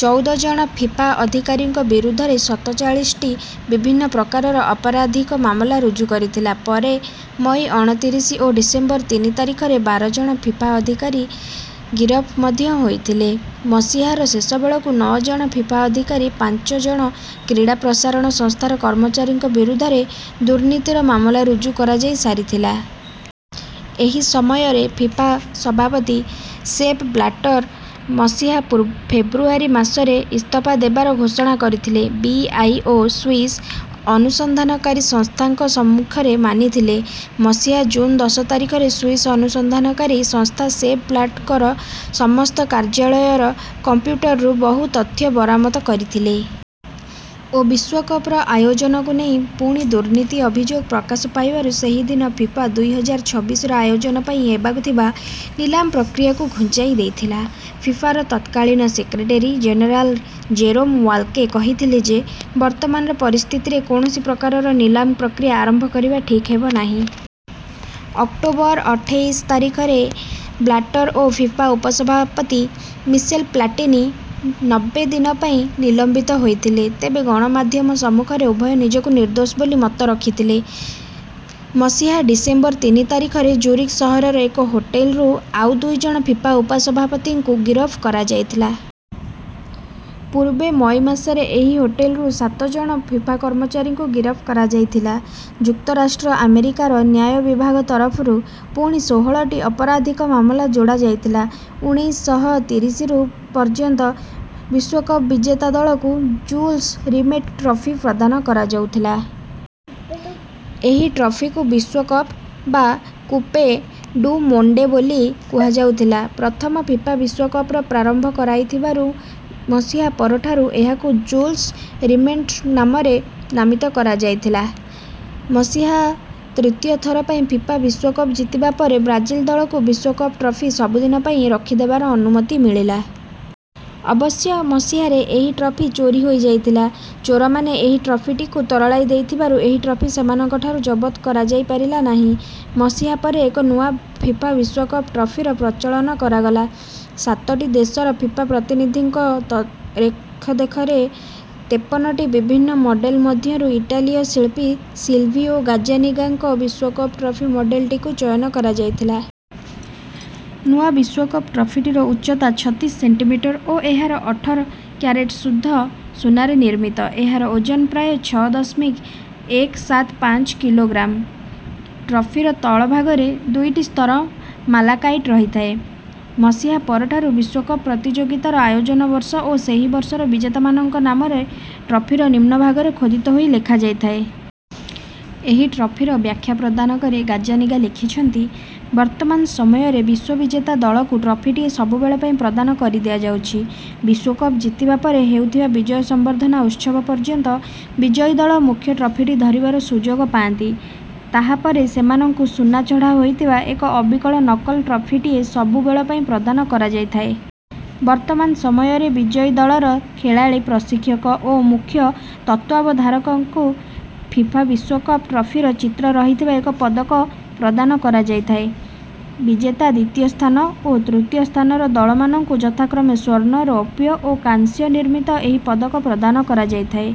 ଚଉଦ ଜଣ ଫିଫା ଅଧିକାରୀଙ୍କ ବିରୁଦ୍ଧରେ ସତଚାଳିଶଟି ବିଭିନ୍ନ ପ୍ରକାରର ଅପରାଧିକ ମାମଲା ରୁଜୁ କରିଥିଲା। ପରେ ମଇ ଅଣତିରିଶ ଓ ଡିସେମ୍ବର ତିନି ତାରିଖରେ ବାର ଜଣ ଫିଫା ଅଧିକାରୀ ଗିରଫ ମଧ୍ୟ ହୋଇଥିଲେ। ମସିହାର ଶେଷ ବେଳକୁ ନଅ ଜଣ ଫିଫା ଅଧିକାରୀ ପାଞ୍ଚ ଜଣ କ୍ରୀଡ଼ା ପ୍ରସାରଣ ସଂସ୍ଥାର କର୍ମଚାରୀଙ୍କ ବିରୁଦ୍ଧରେ ଦୁର୍ନୀତିର ମାମଲା ରୁଜୁ କରାଯାଇ ସାରିଥିଲା। ଏହି ସମୟରେ ଫିଫା ସଭାପତି ସେପ୍ ବ୍ଲାଟର୍ ମସିହା ପୂ ଫେବୃଆରୀ ମାସରେ ଇସ୍ତଫା ଦେବାର ଘୋଷଣା କରିଥିଲେ। ବି. ଆଇ. ଓ ସ୍ୱିସ୍ ଅନୁସନ୍ଧାନକାରୀ ସଂସ୍ଥାଙ୍କ ସମ୍ମୁଖରେ ମାନିଥିଲେ। ମସିହା ଜୁନ୍ ଦଶ ତାରିଖରେ ସ୍ୱିସ୍ ଅନୁସନ୍ଧାନକାରୀ ସଂସ୍ଥା ସେପ୍ ବ୍ଲାଟର୍ଙ୍କ ସମସ୍ତ କାର୍ଯ୍ୟାଳୟର କମ୍ପ୍ୟୁଟରରୁ ବହୁ ତଥ୍ୟ ବରାମତ କରିଥିଲେ। ଓ ବିଶ୍ୱକପର ଆୟୋଜନକୁ ନେଇ ପୁଣି ଦୁର୍ନୀତି ଅଭିଯୋଗ ପ୍ରକାଶ ପାଇବାରୁ ସେହିଦିନ ଫିଫା ଦୁଇ ହଜାର ଛବିଶର ଆୟୋଜନ ପାଇଁ ହେବାକୁ ଥିବା ନିଲାମ ପ୍ରକ୍ରିୟାକୁ ଘୁଞ୍ଚାଇ ଦେଇଥିଲା। ଫିଫାର ତତ୍କାଳୀନ ସେକ୍ରେଟେରୀ ଜେନେରାଲ୍ ଜେରୋମ୍ ୱାଲ୍କେ କହିଥିଲେ ଯେ ବର୍ତ୍ତମାନର ପରିସ୍ଥିତିରେ କୌଣସି ପ୍ରକାରର ନିଲାମ ପ୍ରକ୍ରିୟା ଆରମ୍ଭ କରିବା ଠିକ୍ ହେବନାହିଁ। ଅକ୍ଟୋବର ଅଠେଇଶ ତାରିଖରେ ବ୍ଲାଟର୍ ଓ ଫିଫା ଉପସଭାପତି ମିସେଲ୍ ପ୍ଲାଟିନି ନବ୍ବେ ଦିନ ପାଇଁ ନିଲମ୍ବିତ ହୋଇଥିଲେ। ତେବେ ଗଣମାଧ୍ୟମ ସମ୍ମୁଖରେ ଉଭୟ ନିଜକୁ ନିର୍ଦ୍ଦୋଷ ବୋଲି ମତ ରଖିଥିଲେ। ମସିହା ଡିସେମ୍ବର ତିନି ତାରିଖରେ ଜୁରିକ୍ ସହରର ଏକ ହୋଟେଲ୍ରୁ ଆଉ ଦୁଇ ଜଣ ଫିଫା ଉପସଭାପତିଙ୍କୁ ଗିରଫ କରାଯାଇଥିଲା। ପୂର୍ବେ ମଇ ମାସରେ ଏହି ହୋଟେଲ୍ରୁ ସାତ ଜଣ ଫିଫା କର୍ମଚାରୀଙ୍କୁ ଗିରଫ କରାଯାଇଥିଲା। ଯୁକ୍ତରାଷ୍ଟ୍ର ଆମେରିକାର ନ୍ୟାୟ ବିଭାଗ ତରଫରୁ ପୁଣି ଷୋହଳଟି ଅପରାଧିକ ମାମଲା ଯୋଡ଼ା ଯାଇଥିଲା। ଉଣେଇଶହ ତିରିଶରୁ ପର୍ଯ୍ୟନ୍ତ ବିଶ୍ୱକପ ବିଜେତା ଦଳକୁ ଜୁସ୍ ରିମେଟ୍ ଟ୍ରଫି ପ୍ରଦାନ କରାଯାଉଥିଲା। ଏହି ଟ୍ରଫିକୁ ବିଶ୍ୱକପ ବା କୁପେ ଡୁ ମୋଣ୍ଡେ ବୋଲି କୁହାଯାଉଥିଲା। ପ୍ରଥମ ଫିଫା ବିଶ୍ୱକପର ପ୍ରାରମ୍ଭ କରାଇଥିବାରୁ ମସିହା ପରଠାରୁ ଏହାକୁ ଜୁଲ୍ସ୍ ରିମେଟ୍ଙ୍କ ନାମରେ ନାମିତ କରାଯାଇଥିଲା। ମସିହା ତୃତୀୟ ଥର ପାଇଁ ଫିଫା ବିଶ୍ୱକପ ଜିତିବା ପରେ ବ୍ରାଜିଲ ଦଳକୁ ବିଶ୍ୱକପ ଟ୍ରଫି ସବୁ ଦିନ ପାଇଁ ରଖିଦେବାର ଅନୁମତି ମିଳିଲା। ଅବଶ୍ୟ ମସିହାରେ ଏହି ଟ୍ରଫି ଚୋରି ହୋଇଯାଇଥିଲା। ଚୋରମାନେ ଏହି ଟ୍ରଫିଟିକୁ ତରଳାଇ ଦେଇଥିବାରୁ ଏହି ଟ୍ରଫି ସେମାନଙ୍କଠାରୁ ଜବତ କରାଯାଇପାରିଲା ନାହିଁ। ମସିହା ପରେ ଏକ ନୂଆ ଫିଫା ବିଶ୍ୱକପ ଟ୍ରଫିର ପ୍ରଚଳନ କରାଗଲା। ସାତଟି ଦେଶର ଫିଫା ପ୍ରତିନିଧିଙ୍କ ତ ରେଖ ଦେଖରେଖରେ ତେପନଟି ବିଭିନ୍ନ ମଡେଲ୍ ମଧ୍ୟରୁ ଇଟାଲୀୟ ଶିଳ୍ପୀ ସିଲ୍ଭିଓ ଗାଜ୍ଜାନିଗାଙ୍କ ବିଶ୍ୱକପ ଟ୍ରଫି ମଡେଲ୍ଟିକୁ ଚୟନ କରାଯାଇଥିଲା। ନୂଆ ବିଶ୍ୱକପ ଟ୍ରଫିଟିର ଉଚ୍ଚତା ଛତିଶ ସେଣ୍ଟିମିଟର୍ ଓ ଏହା ଅଠର କ୍ୟାରେଟ୍ ଶୁଦ୍ଧ ସୁନାରେ ନିର୍ମିତ। ଏହାର ଓଜନ ପ୍ରାୟ ଛଅ ଦଶମିକ ଏକ ସାତ ପାଞ୍ଚ କିଲୋଗ୍ରାମ୍। ଟ୍ରଫିର ତଳଭାଗରେ ଦୁଇଟି ସ୍ତର ମାଲାକାଇଟ୍ ରହିଥାଏ। ମସିହା ପରଠାରୁ ବିଶ୍ୱକପ ପ୍ରତିଯୋଗିତାର ଆୟୋଜନ ବର୍ଷ ଓ ସେହି ବର୍ଷର ବିଜେତାମାନଙ୍କ ନାମ ଟ୍ରଫିର ନିମ୍ନ ଭାଗରେ ଖୋଦିତ ହୋଇ ଲେଖାଯାଇଥାଏ। ଏହି ଟ୍ରଫିର ବ୍ୟାଖ୍ୟା ପ୍ରଦାନ କରି ଗାଜ୍ଜାନିଗା ଲେଖିଛନ୍ତି ବର୍ତ୍ତମାନ ସମୟରେ ବିଶ୍ୱବିଜେତା ଦଳକୁ ଟ୍ରଫିଟିଏ ସବୁବେଳ ପାଇଁ ପ୍ରଦାନ କରିଦିଆଯାଉଛି। ବିଶ୍ୱକପ ଜିତିବା ପରେ ହେଉଥିବା ବିଜୟ ସମ୍ବର୍ଦ୍ଧନା ଉତ୍ସବ ପର୍ଯ୍ୟନ୍ତ ବିଜୟୀ ଦଳ ମୁଖ୍ୟ ଟ୍ରଫିଟି ଧରିବାର ସୁଯୋଗ ପାଆନ୍ତି। ତାହା ପରେ ସେମାନଙ୍କୁ ସୁନା ଚଢ଼ା ହୋଇଥିବା ଏକ ଅବିକଳ ନକଲ ଟ୍ରଫିଟିଏ ସବୁ ବେଳ ପାଇଁ ପ୍ରଦାନ କରାଯାଇଥାଏ। ବର୍ତ୍ତମାନ ସମୟରେ ବିଜୟୀ ଦଳର ଖେଳାଳୀ ପ୍ରଶିକ୍ଷକ ଓ ମୁଖ୍ୟ ତତ୍ତ୍ୱାବଧାରକଙ୍କୁ ଫିଫା ବିଶ୍ୱକପ ଟ୍ରଫିର ଚିତ୍ର ରହିଥିବା ଏକ ପଦକ ପ୍ରଦାନ କରାଯାଇଥାଏ। ବିଜେତା ଦ୍ୱିତୀୟ ସ୍ଥାନ ଓ ତୃତୀୟ ସ୍ଥାନର ଦଳମାନଙ୍କୁ ଯଥାକ୍ରମେ ସ୍ୱର୍ଣ୍ଣ ରୌପ୍ୟ ଓ କାଂସ୍ୟ ନିର୍ମିତ ଏହି ପଦକ ପ୍ରଦାନ କରାଯାଇଥାଏ।